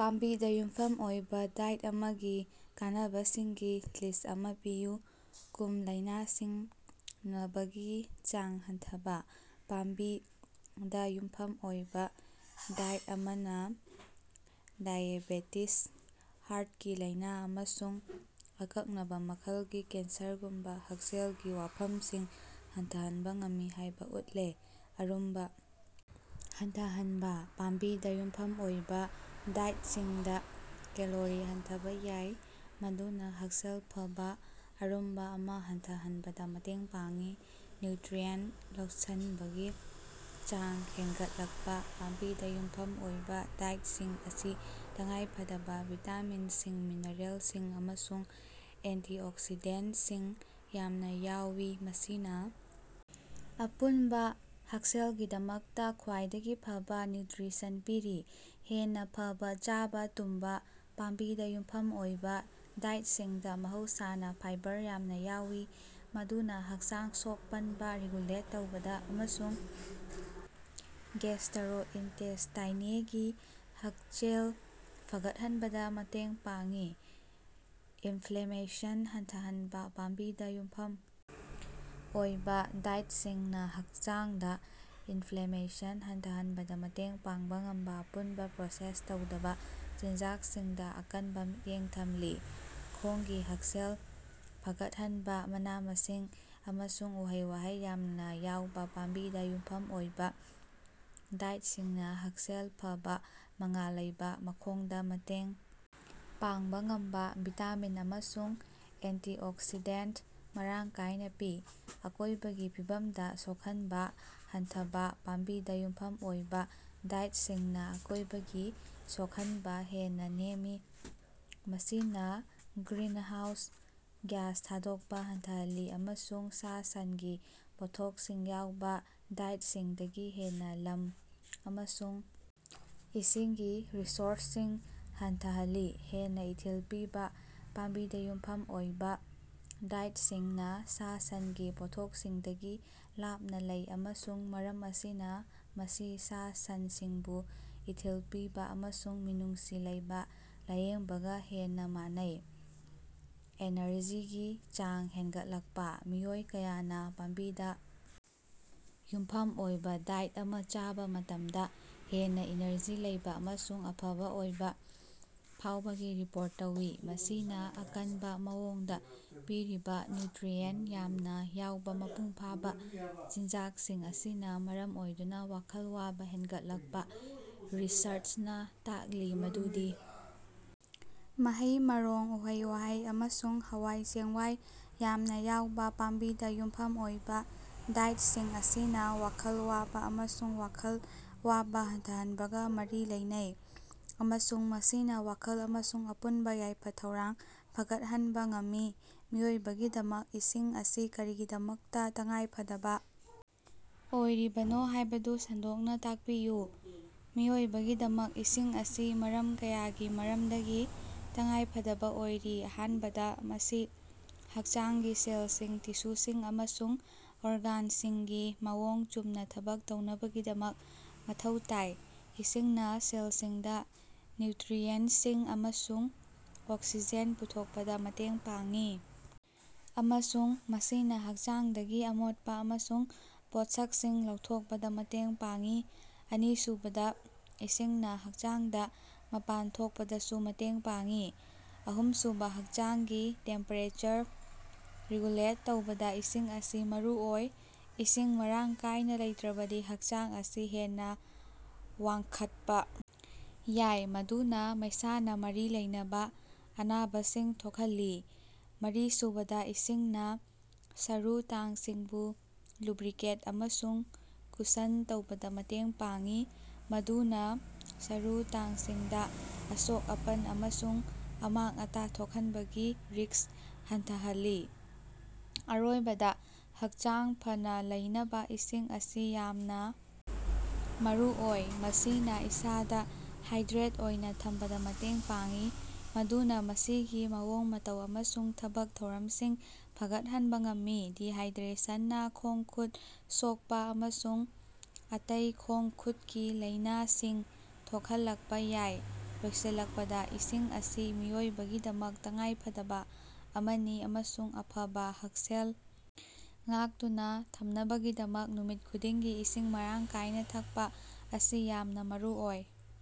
ꯄꯥꯝꯕꯤꯗ ꯌꯨꯝꯐꯝ ꯑꯣꯏꯕ ꯗꯥꯏꯠ ꯑꯃꯒꯤ ꯀꯥꯟꯅꯕꯁꯤꯡꯒꯤ ꯂꯤꯁ꯭ꯠ ꯑꯃ ꯄꯤꯌꯨ꯫ ꯀꯨꯝ ꯂꯢꯅꯥꯁꯤꯡ ꯅꯕꯒꯤ ꯆꯥꯡ ꯍꯟꯊꯕꯥ: ꯄꯥꯝꯕꯤꯗꯥ ꯌꯨꯝꯐꯝ ꯑꯣꯏꯕꯥ ꯗꯥꯏꯠ ꯑꯃꯅ ꯗꯥꯏꯑꯦꯕꯦꯇꯤꯖ, ꯍꯥꯔꯠꯀꯤ ꯂꯥꯢꯅ ꯑꯃꯁꯨꯡ ꯑꯀꯛꯅꯕ ꯃꯈꯜꯒꯤ ꯀꯦꯟꯁꯔꯒꯨꯝꯕ ꯍꯛꯁꯦꯜꯒꯤ ꯋꯥꯐꯝꯁꯤꯡ ꯍꯟꯊꯍꯟꯕ ꯉꯝꯃꯤ ꯍꯥꯢꯕ ꯎꯠꯂꯦ꯫ ꯑꯔꯨꯝꯕ ꯍꯟꯊꯍꯟꯕ: ꯄꯥꯝꯕꯤꯗ ꯌꯨꯝꯐꯝ ꯑꯣꯏꯕ ꯗꯥꯏꯇꯁꯤꯡꯗ ꯀꯦꯂꯣꯔꯤ ꯍꯟꯊꯕ ꯌꯥꯏ ꯃꯗꯨꯅ ꯍꯛꯁꯦꯜ ꯐꯕꯥ ꯑꯔꯨꯝꯕ ꯑꯃ ꯍꯟꯊꯍꯟꯕꯗ ꯃꯇꯦꯡ ꯄꯥꯡꯏ꯫ ꯅ꯭ꯌꯨꯇ꯭ꯔꯤꯑꯦꯟꯇ ꯂꯧꯁꯟꯕꯒꯤ ꯆꯥꯡ ꯍꯦꯟꯒꯠꯂꯛꯄ: ꯄꯥꯝꯕꯤꯗ ꯌꯨꯝꯐꯝ ꯑꯣꯏꯕ ꯗꯥꯏꯠꯁꯤꯡ ꯑꯁꯤ ꯇꯉꯥꯏꯐꯗꯕ ꯚꯤꯇꯥꯃꯤꯟꯁꯤꯡ, ꯃꯤꯅꯔꯦꯜꯁꯤꯡ ꯑꯃꯁꯨꯡ ꯑꯦꯟꯇꯤꯑꯣꯛꯁꯤꯗꯦꯟꯇꯁꯤꯡ ꯌꯥꯝꯅ ꯌꯥꯎꯏ ꯃꯁꯤꯅꯥ ꯑꯄꯨꯟꯕ ꯍꯛꯁꯦꯜꯒꯤꯗꯃꯛꯇ ꯈ꯭ꯋꯥꯏꯗꯒꯤ ꯐꯕ ꯅ꯭ꯌꯨꯇ꯭ꯔꯤꯁꯟ ꯄꯤꯔꯤ꯫ ꯍꯦꯟꯅ ꯐꯕ ꯆꯥꯕ ꯇꯨꯝꯕ: ꯄꯥꯝꯕꯤꯗ ꯌꯨꯝꯐꯝ ꯑꯣꯏꯕ ꯗꯥꯏꯠꯁꯤꯡꯗꯥ ꯃꯍꯧꯁꯥꯅ ꯐꯥꯏꯕꯔ ꯌꯥꯝꯅ ꯌꯥꯎꯏ ꯃꯗꯨꯅ ꯍꯛꯆꯥꯡ ꯁꯣꯛ-ꯄꯟꯕ ꯔꯤꯒꯨꯂꯦꯠ ꯇꯧꯕꯗ ꯑꯃꯁꯨꯡ ꯒꯦꯁꯇꯔꯣꯏꯟꯇꯦꯁꯇꯥꯏꯅꯦꯒꯤ ꯍꯛꯁꯦꯜ ꯐꯒꯠꯍꯟꯕꯗ ꯃꯇꯦꯡ ꯄꯥꯡꯏ꯫ ꯏꯟꯐ꯭ꯂꯦꯃꯦꯁꯟ ꯍꯟꯊꯍꯟꯕ: ꯄꯥꯝꯕꯤꯗ ꯌꯨꯝꯐꯝ ꯑꯣꯏꯕꯥ ꯗꯥꯏꯇꯁꯤꯡꯅ ꯍꯛꯆꯥꯡꯗ ꯏꯟꯐ꯭ꯂꯦꯃꯦꯁꯟ ꯍꯟꯊꯍꯟꯕꯗ ꯃꯇꯦꯡ ꯄꯥꯡꯕ ꯉꯝꯕ ꯑꯄꯨꯟꯕ ꯄ꯭ꯔꯣꯁꯦꯁ ꯇꯧꯗꯕ ꯆꯤꯟꯖꯥꯛꯁꯤꯡꯗ ꯑꯀꯟꯕꯥ ꯃꯤꯠꯌꯦꯡ ꯊꯝꯂꯤ꯫ ꯈꯣꯡꯒꯤ ꯍꯛꯁꯦꯜ ꯐꯒꯠꯍꯟꯕꯥ: ꯃꯅꯥ-ꯃꯁꯤꯡ ꯑꯃꯁꯨꯡ ꯎꯍꯩ-ꯋꯥꯍꯩ ꯌꯥꯝꯅ ꯌꯥꯎꯕ ꯄꯥꯝꯕꯤꯗ ꯌꯨꯝꯐꯝ ꯑꯣꯏꯕ ꯗꯥꯏꯇꯁꯤꯡꯅ ꯍꯛꯁꯦꯜ ꯐꯕ ꯃꯉꯥꯜ ꯂꯩꯕ ꯃꯈꯣꯡꯗ ꯃꯇꯦꯡ ꯄꯥꯡꯕ ꯉꯝꯕ ꯚꯤꯇꯥꯃꯤꯟ ꯑꯃꯁꯨꯡ ꯑꯦꯟꯇꯤꯑꯣꯛꯁꯤꯗꯦꯟꯇ ꯃꯔꯥꯡ ꯀꯥꯢꯅ ꯄꯤ꯫ ꯑꯀꯣꯢꯕꯒꯤ ꯐꯤꯕꯝꯗ ꯁꯣꯛꯍꯟꯕꯥ ꯍꯟꯊꯕꯥ: ꯄꯥꯝꯕꯤꯗꯥ ꯌꯨꯝꯐꯝ ꯑꯣꯏꯕꯥ ꯗꯥꯏꯇꯁꯤꯡꯅ ꯑꯀꯣꯢꯕꯒꯤ ꯁꯣꯛꯍꯟꯕ ꯍꯦꯟꯅ ꯅꯦꯝꯃꯤ ꯃꯁꯤꯅꯥ ꯒ꯭ꯔꯤꯅꯍꯥꯎꯁ ꯒ꯭ꯌꯥꯁ ꯊꯥꯗꯣꯛꯄ ꯍꯟꯊꯍꯜꯂꯤ ꯑꯃꯁꯨꯡ ꯁꯥ-ꯁꯟꯒꯤ ꯄꯣꯠꯊꯣꯛꯁꯤꯡ ꯌꯥꯎꯕ ꯗꯥꯏꯇꯁꯤꯡꯗꯒꯤ ꯍꯦꯟꯅ ꯂꯝ ꯑꯃꯁꯨꯡ ꯏꯁꯤꯡꯒꯤ ꯔꯤꯁꯣꯔꯁꯁꯤꯡ ꯍꯟꯊꯍꯜꯂꯤ꯫ ꯍꯦꯟꯅꯥ ꯏꯊꯤꯜ ꯄꯤꯕꯥ: ꯄꯥꯝꯕꯤꯗ ꯌꯨꯝꯐꯝ ꯑꯣꯏꯕ ꯗꯥꯏꯇꯁꯤꯡꯅ ꯁꯥ-ꯁꯟꯒꯤ ꯄꯣꯠꯊꯣꯛꯁꯤꯡꯗꯒꯤ ꯂꯥꯞꯅꯥ ꯂꯩ ꯑꯃꯁꯨꯡ ꯃꯔꯝ ꯑꯁꯤꯅ ꯃꯁꯤ ꯁꯥ-ꯁꯟꯁꯤꯡꯕꯨ ꯏꯊꯤꯜ ꯄꯤꯕꯥ ꯑꯃꯁꯨꯡ ꯃꯤꯅꯨꯡꯁꯤ ꯂꯩꯕꯥ ꯂꯥꯌꯦꯡꯕꯒ ꯍꯦꯟꯅ ꯃꯥꯟꯅꯩ꯫ ꯑꯦꯅꯔꯖꯤꯒꯤ ꯆꯥꯡ ꯍꯦꯟꯒꯠꯂꯛꯄꯥ: ꯃꯤꯑꯣꯏ ꯀꯌꯥꯅꯥ ꯄꯥꯝꯕꯤꯗꯥ ꯌꯨꯝꯐꯝ ꯑꯣꯏꯕꯥ ꯗꯥꯏꯠ ꯑꯃ ꯆꯥꯕ ꯃꯇꯝꯗ ꯍꯦꯟꯅ ꯏꯅꯔꯖꯤ ꯂꯩꯕ ꯑꯃꯁꯨꯡ ꯑꯐꯕ ꯑꯣꯏꯕ ꯐꯥꯎꯕꯒꯤ ꯔꯤꯄꯣꯔꯠ ꯇꯧꯏ ꯃꯁꯤꯅꯥ ꯑꯀꯟꯕ ꯃꯑꯣꯡꯗ ꯄꯤꯔꯤꯕꯥ ꯅ꯭ꯌꯨꯇ꯭ꯔꯤꯑꯦꯟꯇ ꯌꯥꯝꯅ ꯌꯥꯎꯕ ꯃꯄꯨꯡꯐꯥꯕꯥ ꯆꯤꯟꯖꯥꯛꯁꯤꯡ ꯑꯁꯤꯅ ꯃꯔꯝ ꯑꯣꯏꯗꯨꯅ ꯋꯥꯈꯜ ꯋꯥꯕꯥ ꯍꯦꯟꯒꯠꯂꯛꯄꯥ: ꯔꯤꯁꯔꯆꯅ ꯇꯥꯛꯂꯤ ꯃꯗꯨꯗꯤ ꯃꯍꯩ-ꯃꯔꯣꯡ, ꯎꯍꯩ-ꯋꯥꯍꯩ ꯑꯃꯁꯨꯡ ꯍꯋꯥꯏ ꯆꯦꯡꯋꯥꯏ ꯌꯥꯝꯅ ꯌꯥꯎꯕ ꯄꯥꯝꯕꯤꯗ ꯌꯨꯝꯐꯝ ꯑꯣꯏꯕ ꯗꯥꯏꯇꯁꯤꯡ ꯑꯁꯤꯅ ꯋꯥꯈꯜ ꯋꯥꯕ ꯑꯃꯁꯨꯡ ꯋꯥꯈꯜ ꯋꯥꯕ ꯍꯟꯊꯍꯟꯕꯒ ꯃꯔꯤ ꯂꯩꯅꯩ ꯑꯃꯁꯨꯡ ꯃꯁꯤꯅ ꯋꯥꯈꯜ ꯑꯃꯁꯨꯡ ꯑꯄꯨꯟꯕ ꯌꯥꯏꯐ-ꯊꯧꯔꯥꯡ ꯐꯒꯠꯍꯟꯕ ꯉꯝꯃꯤ꯫ ꯃꯤꯑꯣꯏꯕꯒꯤꯗꯃꯛ ꯏꯁꯤꯡ ꯑꯁꯤ ꯀꯔꯤꯒꯤꯗꯃꯛꯇꯥ ꯇꯉꯥꯏꯐꯗꯕꯥ ꯑꯣꯏꯔꯤꯕꯅꯣ ꯍꯥꯢꯕꯗꯨ ꯁꯟꯗꯣꯛꯅ ꯇꯥꯛꯄꯤꯌꯨ꯫ ꯃꯤꯑꯣꯏꯕꯒꯤꯗꯃꯛ ꯏꯁꯤꯡ ꯑꯁꯤ ꯃꯔꯝ ꯀꯌꯥꯒꯤ ꯃꯔꯝꯗꯒꯤ ꯇꯉꯥꯏꯐꯗꯕ ꯑꯣꯏꯔꯤ꯫ ꯑꯍꯥꯟꯕꯗ ꯃꯁꯤ ꯍꯛꯆꯥꯡꯒꯤ ꯁꯦꯜꯁꯤꯡ, ꯇꯤꯁꯨꯁꯤꯡ ꯑꯃꯁꯨꯡ ꯑꯣꯔꯒꯥꯟꯁꯤꯡꯒꯤ ꯃꯑꯣꯡ ꯆꯨꯝꯅ ꯊꯕꯛ ꯇꯧꯅꯕꯒꯤꯗꯃꯛ ꯃꯊꯧ ꯇꯥꯏ꯫ ꯏꯁꯤꯡꯅ ꯁꯦꯜꯁꯤꯡꯗ ꯅ꯭ꯌꯨꯇ꯭ꯔꯤꯑꯦꯟꯇꯁꯤꯡ ꯑꯃꯁꯨꯡ ꯑꯣꯛꯁꯤꯖꯦꯟ ꯄꯨꯊꯣꯛꯄꯗ ꯃꯇꯦꯡ ꯄꯥꯡꯏ ꯑꯃꯁꯨꯡ ꯃꯁꯤꯅ ꯍꯛꯆꯥꯡꯗꯒꯤ ꯑꯃꯣꯠꯄ ꯑꯃꯁꯨꯡ ꯄꯣꯠꯁꯛꯁꯤꯡ ꯂꯧꯊꯣꯛꯄꯗ ꯃꯇꯦꯡ ꯄꯥꯡꯏ꯫ ꯑꯅꯤꯁꯨꯕꯗ ꯏꯁꯤꯡꯅ ꯍꯛꯆꯥꯡꯗ ꯃꯄꯥꯟ ꯊꯣꯛꯄꯗꯁꯨ ꯃꯇꯦꯡ ꯄꯥꯡꯢ ꯫ ꯑꯍꯨꯝꯁꯨꯕ ꯍꯛꯆꯥꯡꯒꯤ ꯇꯦꯝꯄꯦꯔꯦꯆꯔ ꯔꯤꯒꯨꯂꯦꯠ ꯇꯧꯕꯗ ꯏꯁꯤꯡ ꯑꯁꯤ ꯃꯔꯨꯑꯣꯏ꯫ ꯏꯁꯤꯡ ꯃꯔꯥꯡ ꯀꯥꯢꯅ ꯂꯩꯇ꯭ꯔꯕꯗꯤ ꯍꯛꯆꯥꯡ ꯑꯁꯤ ꯍꯦꯟꯅ ꯋꯥꯡꯈꯠꯄ ꯌꯥꯏ ꯃꯗꯨꯅ ꯃꯩꯁꯥꯅ ꯃꯔꯤ ꯂꯩꯅꯕ ꯑꯅꯥꯕꯁꯤꯡ ꯊꯣꯛꯍꯜꯂꯤ꯫ ꯃꯔꯤꯁꯨꯕꯗ ꯏꯁꯤꯡꯅ ꯁꯔꯨ ꯇꯥꯡꯁꯤꯡꯕꯨ ꯂꯨꯕ꯭ꯔꯤꯀꯦꯠ ꯑꯃꯁꯨꯡ ꯀꯨꯁꯟ ꯇꯧꯕꯗ ꯃꯇꯦꯡ ꯄꯥꯡꯏ ꯃꯗꯨꯅ ꯁꯔꯨ ꯇꯥꯡꯁꯤꯡꯗꯥ ꯑꯁꯣꯛ-ꯑꯄꯟ ꯑꯃꯁꯨꯡ ꯑꯃꯥꯡ-ꯑꯇꯥ ꯊꯣꯛꯍꯟꯕꯒꯤ ꯔꯤꯁ꯭ꯛ ꯍꯟꯊꯍꯜꯂꯤ꯫ ꯑꯔꯣꯏꯕꯗ ꯍꯛꯆꯥꯡ ꯐꯅꯥ ꯂꯩꯅꯕꯥ ꯏꯁꯤꯡ ꯑꯁꯤ ꯌꯥꯝꯅ ꯃꯔꯨꯑꯣꯏ꯫ ꯃꯁꯤꯅ ꯏꯁꯥꯗ ꯍꯥꯏꯗ꯭ꯔꯦꯠ ꯑꯣꯏꯅ ꯊꯝꯕꯗ ꯃꯇꯦꯡ ꯄꯥꯡꯏ ꯃꯗꯨꯅ ꯃꯁꯤꯒꯤ ꯃꯑꯣꯡ-ꯃꯇꯧ ꯑꯃꯁꯨꯡ ꯊꯕꯛ-ꯊꯧꯔꯝꯁꯤꯡ ꯐꯒꯠꯍꯟꯕꯥ ꯉꯝꯃꯤ꯫ ꯗꯤꯍꯥꯢꯗ꯭ꯔꯦꯁꯟꯅ ꯈꯣꯡ-ꯈꯨꯠ ꯁꯣꯛꯄꯥ ꯑꯃꯁꯨꯡ ꯑꯇꯩ ꯈꯣꯡ-ꯈꯨꯠꯀꯤ ꯂꯩꯅꯁꯤꯡ ꯊꯣꯛꯍꯜꯂꯛꯄꯥ ꯌꯥꯏ꯫ ꯂꯣꯏꯁꯤꯜꯂꯛꯄꯗ ꯏꯁꯤꯡ ꯑꯁꯤ ꯃꯤꯑꯣꯏꯕꯒꯤꯗꯃꯛ ꯇꯉꯥꯏꯐꯗꯕ ꯑꯃꯅꯤ ꯑꯃꯁꯨꯡ ꯑꯐꯕꯥ ꯍꯛꯁꯦꯜ ꯉꯥꯛꯇꯨꯅ ꯊꯝꯅꯕꯒꯤꯗꯃꯛ ꯅꯨꯃꯤꯠ ꯈꯨꯗꯤꯡꯒꯤ ꯏꯁꯤꯡ ꯃꯔꯥꯡ ꯀꯥꯢꯅꯥ ꯊꯛꯄ ꯑꯁꯤ ꯌꯥꯝꯅꯥ ꯃꯔꯨꯑꯣꯏ꯫